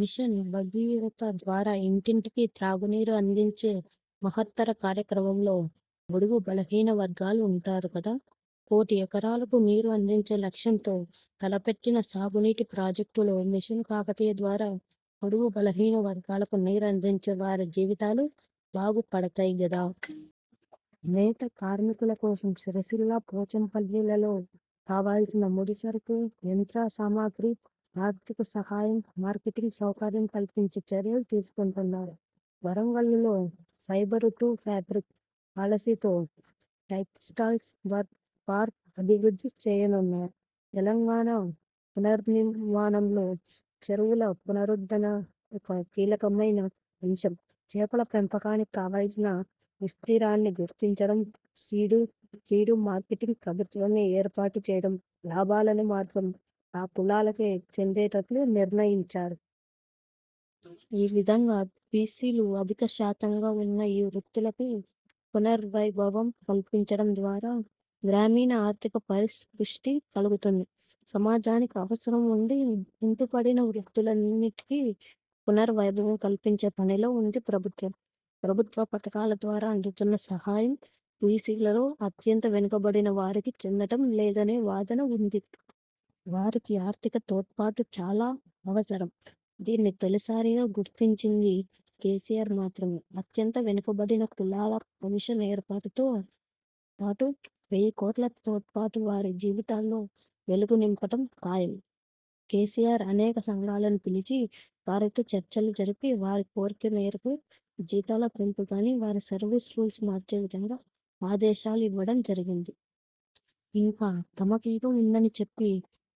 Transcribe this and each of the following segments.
Machine Bhagiratha ద్వారా ఇంటింటికి త్రాగునీరు అందించే మహత్తర కార్యక్రమంలో బడుగు బలహీన వర్గాలు ఉంటారు కదా. కోటి ఎకరాలకు నీరు అందించే లక్ష్యంతో తలపెట్టిన సాగునీటి ప్రాజెక్టులు, మిషన్ కాకతీయ ద్వారా బడుగు బలహీన వర్గాలకు నీరు అందిచె వారి జీవితాలు బాగు పడతై గదా. నేత కార్మికుల కోసం సిరిసిల్ల, పోచంపల్లిలలో కావాల్సిన ముడిసరుకు, యంత్ర సామగ్రి, ఆర్థిక సహాయం, మార్కెటింగ్ సౌకర్యం కల్పించే చర్యలు తీసుకుంటున్నారు. వరంగల్లులో 'ఫైబరు టూ ఫాబ్రిక్' పాలసీతో టెక్స్టైల్ పార్క్ అభివృద్ధి చేయనున్నారు. తెలంగాణ పునర్నిర్మాణంలో చెరువుల పునరుద్ధరణ ఒక కీలకమైన అంశం. చేపల పెంపకానికి కావాల్సిన విస్తీర్ణాన్ని గుర్తించడం, సీడు, ఫీడు, మార్కెటింగ్ ప్రభుత్వమే ఏర్పాటుచేయడం, లాభాలను మాత్రం ఆ కులాలకే చెందేటట్లు నిర్ణయించారు. ఈ విధంగా బీసీలు అధిక శాతంగా వున్న ఈ వృత్తులకు పునర్వైభవం కల్పించటం ద్వారా గ్రామీణ ఆర్థిక పరిపుష్టి కలుగుతుంది. సమాజానికి అవసరం ఉండి కుంటుపడిన వృత్తులన్నింటికీ పునర్ వైభవం కల్పించే పనిలో వుంది ప్రభుత్వం. ప్రభుత్వ పథకాల ద్వారా అందుతున్న సహాయం బీసీలలో అత్యంత వెనుకబడిన వారికి చెందటం లేదనే వాదన ఉంది. వారికి ఆర్థిక తోడ్పాటు చాలా అవసరం. దీన్ని తొలిసారిగా గుర్తించింది కేసీఆర్ మాత్రమే. అత్యంత వెనుకబడిన కులాల కమిషన్ ఏర్పాటుతో పాటు వెయ్యి కోట్ల తోడ్పాటు వారి జీవితాల్లో వెలుగు నింపటం ఖాయం. కేసీఆర్ అనేక సంఘాలను పిలిచి వారితో చర్చలు జరిపి వారి కోర్కె మేరకు జీతాల పెంపు కాని, వారి సర్వీస్ రూల్స్ మార్చే విధంగా ఆదేశాలు ఇవ్వడం జరిగింది. ఇంకా తమకేదో ఉందని చెప్పి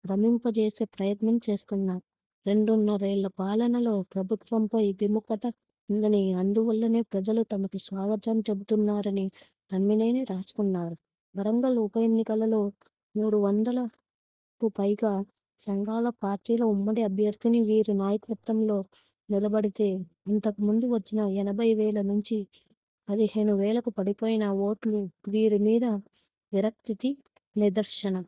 భ్రమింపచేసే ప్రయత్నం చేస్తున్నారు. రెండున్నరేళ్ళ పాలనలో ప్రభుత్వంపై విముఖత ఉందనీ, అందువల్లనే ప్రజలు తమకు స్వాగతం చెబుతున్నారనీ తమ్మినేని రాసుకున్నారు. వరంగల్ ఉపఎన్నికలో మూడు వందలకు పైగా సంఘాల, పార్టీల ఉమ్మడి అభ్యర్థిని వీరి నాయకత్వంలో నిలబెడితే అంతకుముందు వచ్చిన ఎనభై వేల నుంచి పదిహేను వేలకు పడిపోయిన వోట్లు వీరి మీద విరక్తికి నిదర్శనం.